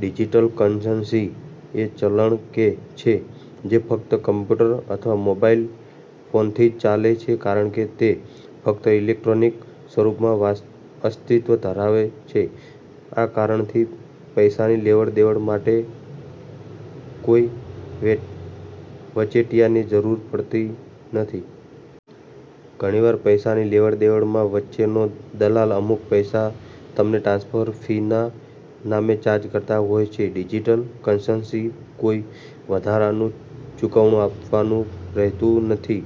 Digital currency એ ચલણ છે જે ફક્ત કમ્પ્યુટર અથવા મોબાઇલ ફોનથી જ ચાલે છે કારણ કે તે ફક્ત ઇલેક્ટ્રોનિક સ્વરૂપમાં અસ્તિત્વ ધરાવે છે. આ કારણથી પૈસાની લેવડદેવડ માટે કોઈ વચેટિયાની જરૂર પડતી નથી. ઘણીવાર પૈસાની લેવડદેવડમાં વચ્ચેનો દલાલ અમુક પૈસા તમને ટ્રાન્સફર ફી ના નામે ચાર્જ કરતા હોય છે તે ડિજિટલ કરન્સીમાં કોઈ વધારાનું ચુકવણું આપવાનું રહેતું નથી.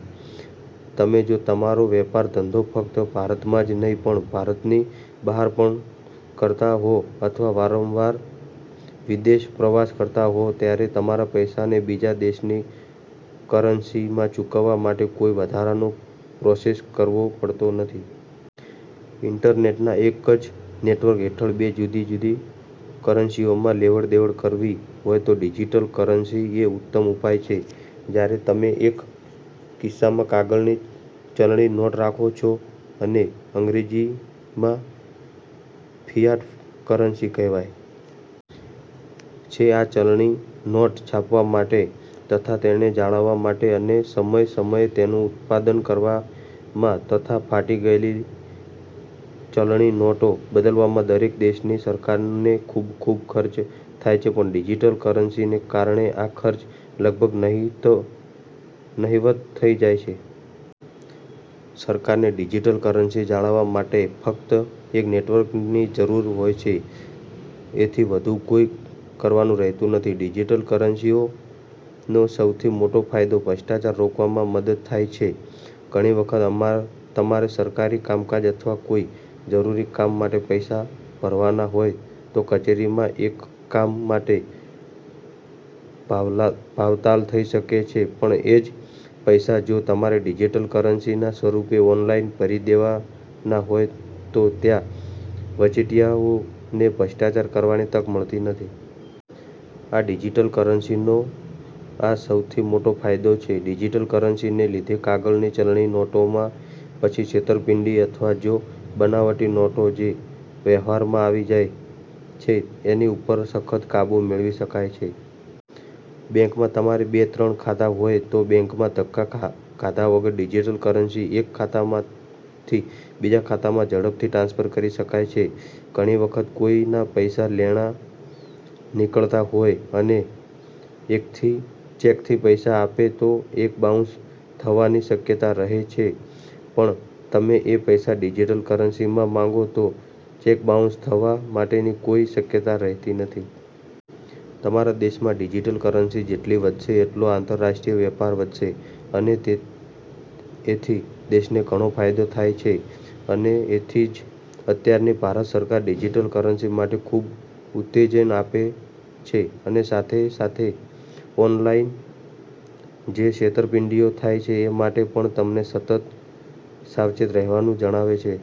તમે જો તમારો વેપાર ધંધો ફક્ત ભારતમાં જ નહીં પણ ભારતની બહાર પણ કરતા હો અથવા વારંવાર વિદેશ પ્રવાસ કરતા હો ત્યારે તમારા પૈસાને બીજા દેશની કરન્સીમાં ચૂકવવા માટે કોઈ વધારાનો પ્રોસેસ કરવો પડતો નથી. ઇન્ટરનેટના એક જ નેટવર્ક હેઠળ બે જુદી જુદી કરન્સીઓમાં લેવડદેવડ કરવી હોય તો ડિજિટલ કરન્સી એ ઉત્તમ ઉપાય છે. અત્યારે તમે જે કિસ્સામાં કાગળની ચલણી નોટ રાખો છો એને અંગ્રેજીમાં ફિયાટ કરન્સી કહેવાય છે, આ ચલણી નોટ છાપવા માટે તથા એને જાળવવા માટે અને સમય સમયે એનું ઉત્પાદન કરવામાં તથા ફાટી ગયેલી ચલણી નોટો બદલવામાં દરેક દેશોની સરકારને ખૂબ ખૂબ ખર્ચો થાય છે પણ ડિજિટલ કરન્સીને કારણે આ ખર્ચ લગભગ નહિવત થઈ જાય છે. સરકારને ડિજિટલ કરન્સી જાળવવા માટે ફ્કત એક નેટવર્કની જ જરૂર હોય છે એથી વધુ કંઈ કરવાનુ રહેતું નથી. ડિજિટલ કરન્સીનો સૌથી મોટો ફાયદો ભ્રષ્ટાચાર રોકવામાં મદદ થાય તે છે. ઘણી વખત તમારે સરકારી કામકાજ અથવા કોઈ જરૂરી કામ માટે પૈસા ભરવાના હોય તો કચેરીમાં એ કામ માટે ભાવતાલ થઈ શકે છે પણ એ જ પૈસા જો તમારે ડિજિટલ કરન્સીના સ્વરૂપે ઓનલાઈન ભરી દેવાના હોય તો ત્યાં વચેટિયાઓને ભ્રષ્ટાચાર કરવાની તક મળતી નથી. આ ડિજિટલ કરન્સીનો આ સૌથી મોટો ફાયદો છે. ડિજિટલ કરન્સી ને લીધે કાગળની ચલણી નોટોમાં થતી છેતરપિંડી અથવા તો બનાવટી નોટો જે વ્યવહારમાં આવી જાય છે એની ઉપર સખત કાબુ મેળવી શકાય છે. બેંકમાં તમારે બે ત્રણ ખાતા હોય તો બેંકમાં ધક્કો ખાધા વગર ડિજિટલ કરન્સી એક ખાતામાંથી બીજા ખાતામાં ઝડપથી ટ્રાન્સફર કરી શકાય છે. ઘણી વખત કોઈ ના પૈસા લેણા નીકળતા હોય અને ચેકથી પૈસા આપે તો ચેક બાઉન્સ થવાની શક્યતા રહેલી છે પણ તમે એ પૈસા ડિજિટલ કરન્સીમાં માગો તો ચેક્ બાઉન્સ થવા માટેની કોઈ શક્યતા રહેતી નથી. તમારા દેશમાં ડિજિટલ કરન્સી જેટલી વધશે એટલો આંતરરાષ્ટ્રીય વેપાર વધશે અને એથી દેશને ઘણો ફાયદો થાય છે, અને એથી જ અત્યારની ભારત સરકાર ડિજિટલ કરન્સી માટે ખૂબ ઉત્તેજન આપે છે અને સાથે સાથે ઓનલાઇન જે છેતરપિંડીઓ થાય છે એ માટે પણ તમને સતત સાવચેત રહેવાનું જણાવે છે.